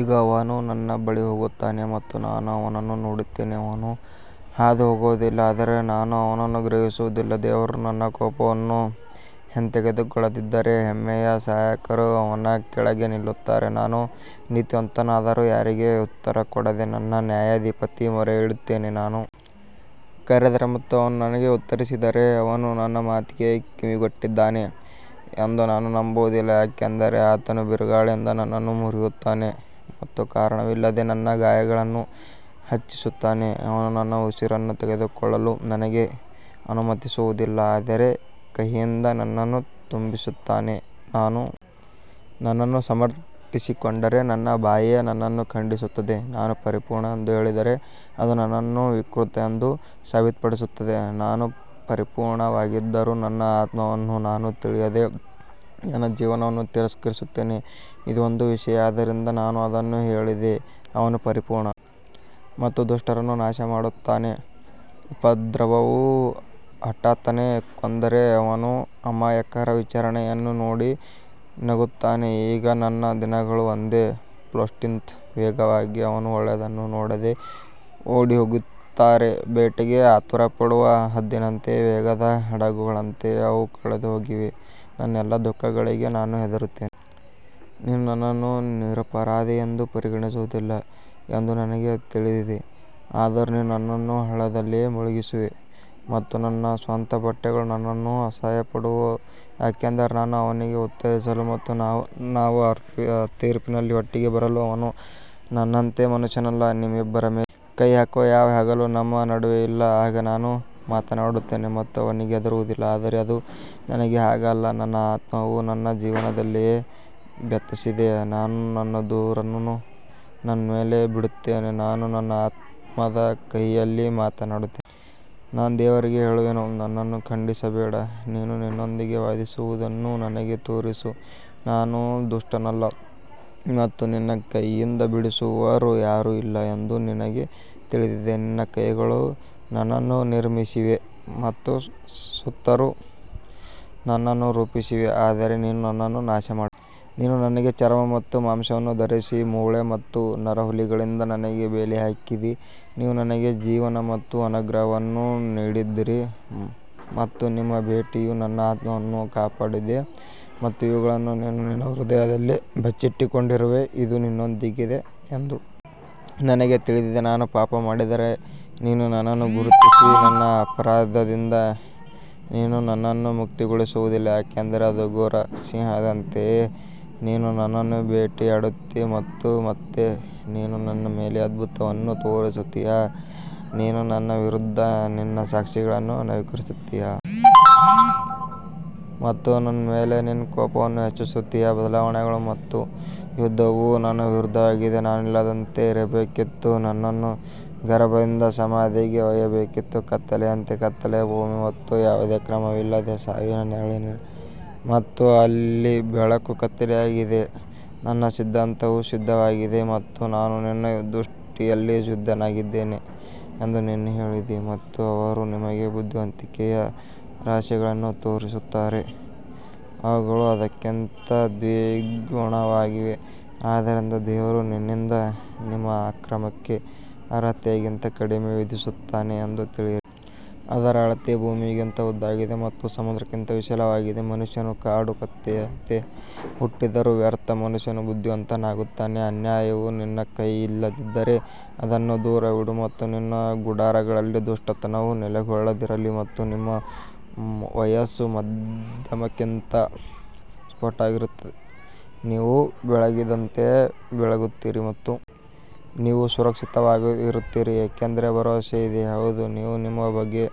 ಇಗೋ ಅವನು ನನ್ನ ಬಳಿ ಹೋಗುತ್ತಾನೆ ಮತ್ತು ನಾನು ಅವನನ್ನು ನೋಡುತ್ತೇನೆ ಅವನು ಹಾದುಹೋಗುವುದಿಲ್ಲ ಆದರೆ ನಾನು ಅವನನ್ನು ಗ್ರಹಿಸುವುದಿಲ್ಲ ದೇವರು ತನ್ನ ಕೋಪವನ್ನು ಹಿಂತೆಗೆದುಕೊಳ್ಳದಿದ್ದರೆ, ಹೆಮ್ಮೆಯ ಸಹಾಯಕರು ಅವನ ಕೆಳಗೆ ನಿಲ್ಲುತ್ತಾರೆ ನಾನು ನೀತಿವಂತನಾದರೂ ಯಾರಿಗೆ ಉತ್ತರ ಕೊಡದೆ ನನ್ನ ನ್ಯಾಯಾಧಿಪತಿಗೆ ಮೊರೆಯಿಡುತ್ತೇನೆ ನಾನು ಕರೆದರೆ ಮತ್ತು ಅವನು ನನಗೆ ಉತ್ತರಿಸಿದ್ದರೆ ಅವನು ನನ್ನ ಮಾತಿಗೆ ಕಿವಿಗೊಟ್ಟಿದ್ದಾನೆ ಎಂದು ನಾನು ನಂಬುವುದಿಲ್ಲ ಯಾಕಂದರೆ ಆತನು ಬಿರುಗಾಳಿಯಿಂದ ನನ್ನನ್ನು ಮುರಿಯುತ್ತಾನೆ ಮತ್ತು ಕಾರಣವಿಲ್ಲದೆ ನನ್ನ ಗಾಯಗಳನ್ನು ಹೆಚ್ಚಿಸುತ್ತಾನೆ ಅವನು ನನ್ನ ಉಸಿರನ್ನು ತೆಗೆದುಕೊಳ್ಳಲು ನನಗೆ ಅನುಮತಿಸುವುದಿಲ್ಲ ಆದರೆ ಕಹಿಯಿಂದ ನನ್ನನ್ನು ತುಂಬಿಸುತ್ತಾನೆ ನಾನು ನನ್ನನ್ನು ಸಮರ್ಥಿಸಿಕೊಂಡರೆ ನನ್ನ ಬಾಯಿಯೇ ನನ್ನನ್ನು ಖಂಡಿಸುತ್ತದೆ, ನಾನು ಪರಿಪೂರ್ಣ ಎಂದು ಹೇಳಿದರೆ ಅದು ನನ್ನನ್ನು ವಿಕೃತ ಎಂದು ಸಾಬೀತುಪಡಿಸುತ್ತದೆ ನಾನು ಪರಿಪೂರ್ಣವಾಗಿದ್ದರೂ ನನ್ನ ಆತ್ಮವನ್ನು ನಾನು ತಿಳಿಯದೆ ನನ್ನ ಜೀವನವನ್ನು ತಿರಸ್ಕರಿಸುತ್ತೇನೆ ಇದು ಒಂದು ವಿಷಯ ಆದ್ದರಿಂದ ನಾನು ಅದನ್ನು ಹೇಳಿದೆ ಅವನು ಪರಿಪೂರ್ಣ ಮತ್ತು ದುಷ್ಟರನ್ನು ನಾಶಮಾಡುತ್ತಾನೆ ಉಪದ್ರವವು ಹಠಾತ್ತನೆ ಕೊಂದರೆ ಅವನು ಅಮಾಯಕರ ವಿಚಾರಣೆಯನ್ನು ನೋಡಿ ನಗುತ್ತಾನೆ ಈಗ ನನ್ನ ದಿನಗಳು ಒಂದು ಪೋಸ್ಟ್ಗಿಂತ ವೇಗವಾಗಿವೆ, ಅವರು ಒಳ್ಳೆಯದನ್ನು ನೋಡದೆ ಓಡಿಹೋಗುತ್ತಾರೆ ಬೇಟೆಗೆ ಆತುರಪಡುವ ಹದ್ದಿನಂತೆ ವೇಗದ ಹಡಗುಗಳಂತೆ ಅವು ಕಳೆದುಹೋಗಿವೆ ನನ್ನ ಎಲ್ಲಾ ದುಃಖಗಳಿಗೆ ನಾನು ಹೆದರುತ್ತೇನೆ, ನೀನು ನನ್ನನ್ನು ನಿರಪರಾಧಿ ಎಂದು ಪರಿಗಣಿಸುವುದಿಲ್ಲ ಎಂದು ನನಗೆ ತಿಳಿದಿದೆ ಆದರೂ ನೀನು ನನ್ನನ್ನು ಹಳ್ಳದಲ್ಲಿ ಮುಳುಗಿಸುವೆ ಮತ್ತು ನನ್ನ ಸ್ವಂತ ಬಟ್ಟೆಗಳು ನನ್ನನ್ನು ಅಸಹ್ಯಪಡುವವು ಯಾಕಂದರೆ ನಾನು ಅವನಿಗೆ ಉತ್ತರಿಸಲು ಮತ್ತು ನಾವು ತೀರ್ಪಿನಲ್ಲಿ ಒಟ್ಟಿಗೆ ಬರಲು ಅವನು ನನ್ನಂತೆ ಮನುಷ್ಯನಲ್ಲ ನಮ್ಮಿಬ್ಬರ ಮೇಲೆ ಕೈ ಹಾಕುವ ಯಾವ ಹಗಲೂ ನಮ್ಮ ನಡುವೆ ಇಲ್ಲ ಆಗ ನಾನು ಮಾತನಾಡುತ್ತೇನೆ ಮತ್ತು ಅವನಿಗೆ ಹೆದರುವುದಿಲ್ಲ ಆದರೆ ಅದು ನನಗೆ ಹಾಗಲ್ಲ ನನ್ನ ಆತ್ಮವು ನನ್ನ ಜೀವನದಿಂದ ಬೇಸತ್ತಿದೆ ನಾನು ನನ್ನ ದೂರನ್ನು ನನ್ನ ಮೇಲೆ ಬಿಡುತ್ತೇನೆ ನಾನು ನನ್ನ ಆತ್ಮದ ಕಹಿಯಲ್ಲಿ ಮಾತನಾಡುತ್ತೇನೆ ನಾನು ದೇವರಿಗೆ ಹೇಳುವೆನು ನನ್ನನ್ನು ಖಂಡಿಸಬೇಡ, ನೀನು ನನ್ನೊಂದಿಗೆ ವಾದಿಸುತ್ತಿರುವುದನ್ನು ನನಗೆ ತೋರಿಸು ನಾನು ದುಷ್ಟನಲ್ಲ ಮತ್ತು ನಿನ್ನ ಕೈಯಿಂದ ಬಿಡಿಸುವವರು ಯಾರೂ ಇಲ್ಲ ಎಂದು ನಿನಗೆ ತಿಳಿದಿದೆ ನಿನ್ನ ಕೈಗಳು ನನ್ನನ್ನು ನಿರ್ಮಿಸಿವೆ ಮತ್ತು ಸುತ್ತಲೂ ನನ್ನನ್ನು ರೂಪಿಸಿವೆ ಆದರೆ ನೀನು ನನ್ನನ್ನು ನಾಶಮಾಡುವೆ ನೀನು ನನಗೆ ಚರ್ಮ ಮತ್ತು ಮಾಂಸವನ್ನು ಧರಿಸಿ ಮೂಳೆ ಮತ್ತು ನರಹುಲಿಗಳಿಂದ ನನಗೆ ಬೇಲಿ ಹಾಕಿದ್ದೀ ನೀವು ನನಗೆ ಜೀವನ ಮತ್ತು ಅನುಗ್ರಹವನ್ನು ನೀಡಿದ್ದೀರಿ ಮತ್ತು ನಿಮ್ಮ ಭೇಟಿಯು ನನ್ನ ಆತ್ಮವನ್ನು ಕಾಪಾಡಿದೆ ಮತ್ತು ಇವುಗಳನ್ನು ನೀನು ನಿನ್ನ ಹೃದಯದಲ್ಲಿ ಬಚ್ಚಿಟ್ಟುಕೊಂಡಿರುವೆ, ಇದು ನಿನ್ನೊಂದಿಗಿದೆ ಎಂದು ನನಗೆ ತಿಳಿದಿದೆ ನಾನು ಪಾಪ ಮಾಡಿದರೆ ನೀನು ನನ್ನನ್ನು ಗುರುತಿಸಿ ನನ್ನ ಅಪರಾಧದಿಂದ ನೀನು ನನ್ನನ್ನು ಮುಕ್ತಗೊಳಿಸುವುದಿಲ್ಲ ಯಾಕಂದರೆ ಅದು ಘೋರ ಸಿಂಹದಂತೆ ನೀನು ನನ್ನನ್ನು ಬೇಟೆಯಾಡುತ್ತೀ ಮತ್ತು ಮತ್ತೆ ನೀನು ನನ್ನ ಮೇಲೆ ಅದ್ಭುತವನ್ನು ತೋರಿಸುತ್ತೀಯಾ ನೀನು ನನ್ನ ವಿರುದ್ಧ ನಿನ್ನ ಸಾಕ್ಷಿಗಳನ್ನು ನವೀಕರಿಸುತ್ತೀಯ ಮತ್ತು ನನ್ನ ಮೇಲೆ ನಿನ್ನ ಕೋಪವನ್ನು ಹೆಚ್ಚಿಸುತ್ತೀಯ ಬದಲಾವಣೆಗಳು ಮತ್ತು ಯುದ್ಧವು ನನ್ನ ವಿರುದ್ಧವಾಗಿದೆ ನಾನು ಇಲ್ಲದಂತೆ ಇರಬೇಕಿತ್ತು ನನ್ನನ್ನು ಗರ್ಭದಿಂದ ಸಮಾಧಿಗೆ ಒಯ್ಯಬೇಕಿತ್ತು ಕತ್ತಲೆಯಂತೆ ಕತ್ತಲೆಯ ಭೂಮಿ ಮತ್ತು ಯಾವುದೇ ಕ್ರಮವಿಲ್ಲದೆ ಸಾವಿನ ನೆರಳಿನ ಮತ್ತು ಅಲ್ಲಿ ಬೆಳಕು ಕತ್ತಲೆಯಾಗಿದೆ ನನ್ನ ಸಿದ್ಧಾಂತವು ಶುದ್ಧವಾಗಿದೆ ಮತ್ತು ನಾನು ನಿನ್ನ ದೃಷ್ಟಿಯಲ್ಲಿ ಶುದ್ಧನಾಗಿದ್ದೇನೆ ಎಂದು ನೀನು ಹೇಳಿದ್ದೀ ಮತ್ತು ಅವರು ನಿಮಗೆ ಬುದ್ಧಿವಂತಿಕೆಯ ರಹಸ್ಯಗಳನ್ನು ತೋರಿಸುತ್ತಾರೆ, ಅವುಗಳು ಅದಕ್ಕಿಂತ ದ್ವಿಗುಣವಾಗಿವೆ, ಆದ್ದರಿಂದ ದೇವರು ನಿನ್ನಿಂದ ನಿಮ್ಮ ಅಕ್ರಮಕ್ಕೆ ಅರ್ಹತೆಗಿಂತ ಕಡಿಮೆ ವಿಧಿಸುತ್ತಾನೆ ಎಂದು ತಿಳಿಯಿರಿ. ಅದರ ಅಳತೆ ಭೂಮಿಗಿಂತ ಉದ್ದವಾಗಿದೆ ಮತ್ತು ಸಮುದ್ರಕ್ಕಿಂತ ವಿಶಾಲವಾಗಿದೆ ಮನುಷ್ಯನು ಕಾಡು ಕತ್ತೆಯಂತೆ ಹುಟ್ಟಿದರೂ ವ್ಯರ್ಥ ಮನುಷ್ಯನು ಬುದ್ಧಿವಂತನಾಗುತ್ತಾನೆ ಅನ್ಯಾಯವು ನಿನ್ನ ಕೈಯಲ್ಲಿದ್ದರೆ ಅದನ್ನು ದೂರವಿಡು ಮತ್ತು ನಿನ್ನ ಗುಡಾರಗಳಲ್ಲಿ ದುಷ್ಟತನವು ನೆಲೆಗೊಳ್ಳದಿರಲಿ ಮತ್ತು ನಿಮ್ಮ ವಯಸ್ಸು ಮಧ್ಯಾಹ್ನಕ್ಕಿಂತ ಸ್ಪಷ್ಟವಾಗಿರುತ್ತದೆ, ನೀವು ಬೆಳಗಿದಂತೆ ಬೆಳಗುತ್ತೀರಿ ಮತ್ತು ನೀವು ಸುರಕ್ಷಿತವಾಗಿರುತ್ತೀರಿ ಏಕೆಂದರೆ ಭರವಸೆ ಇದೆ, ಹೌದು ನೀವು ನಿಮ್ಮ ಬಗ್ಗೆ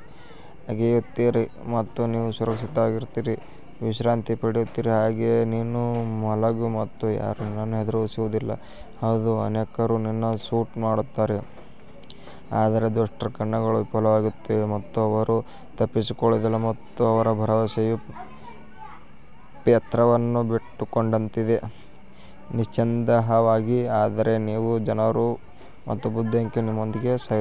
ಅಗೆಯುತ್ತೀರಿ ಮತ್ತು ನೀವು ಸುರಕ್ಷಿತವಾಗಿ ವಿಶ್ರಾಂತಿ ಪಡೆಯುತ್ತೀರಿ ಹಾಗೆಯೇ ನೀನು ಮಲಗು ಮತ್ತು ಯಾರೂ ನಿನ್ನನ್ನು ಹೆದರಿಸುವುದಿಲ್ಲ, ಹೌದು ಅನೇಕರು ನಿನಗೆ ಸೂಟ್ ಮಾಡುತ್ತಾರೆ ಆದರೆ ದುಷ್ಟರ ಕಣ್ಣುಗಳು ವಿಫಲವಾಗುತ್ತವೆ ಮತ್ತು ಅವರು ತಪ್ಪಿಸಿಕೊಳ್ಳುವುದಿಲ್ಲ ಮತ್ತು ಅವರ ಭರವಸೆಯು ಪ್ರೇತವನ್ನು ಬಿಟ್ಟುಕೊಡುವಂತಿದೆ ನಿಸ್ಸಂದೇಹವಾಗಿ ಆದರೆ ನೀವು ಜನರು ಮತ್ತು ಬುದ್ಧಿವಂತಿಕೆಯು ನಿಮ್ಮೊಂದಿಗೆ ಸಾಯುತ್ತದೆ.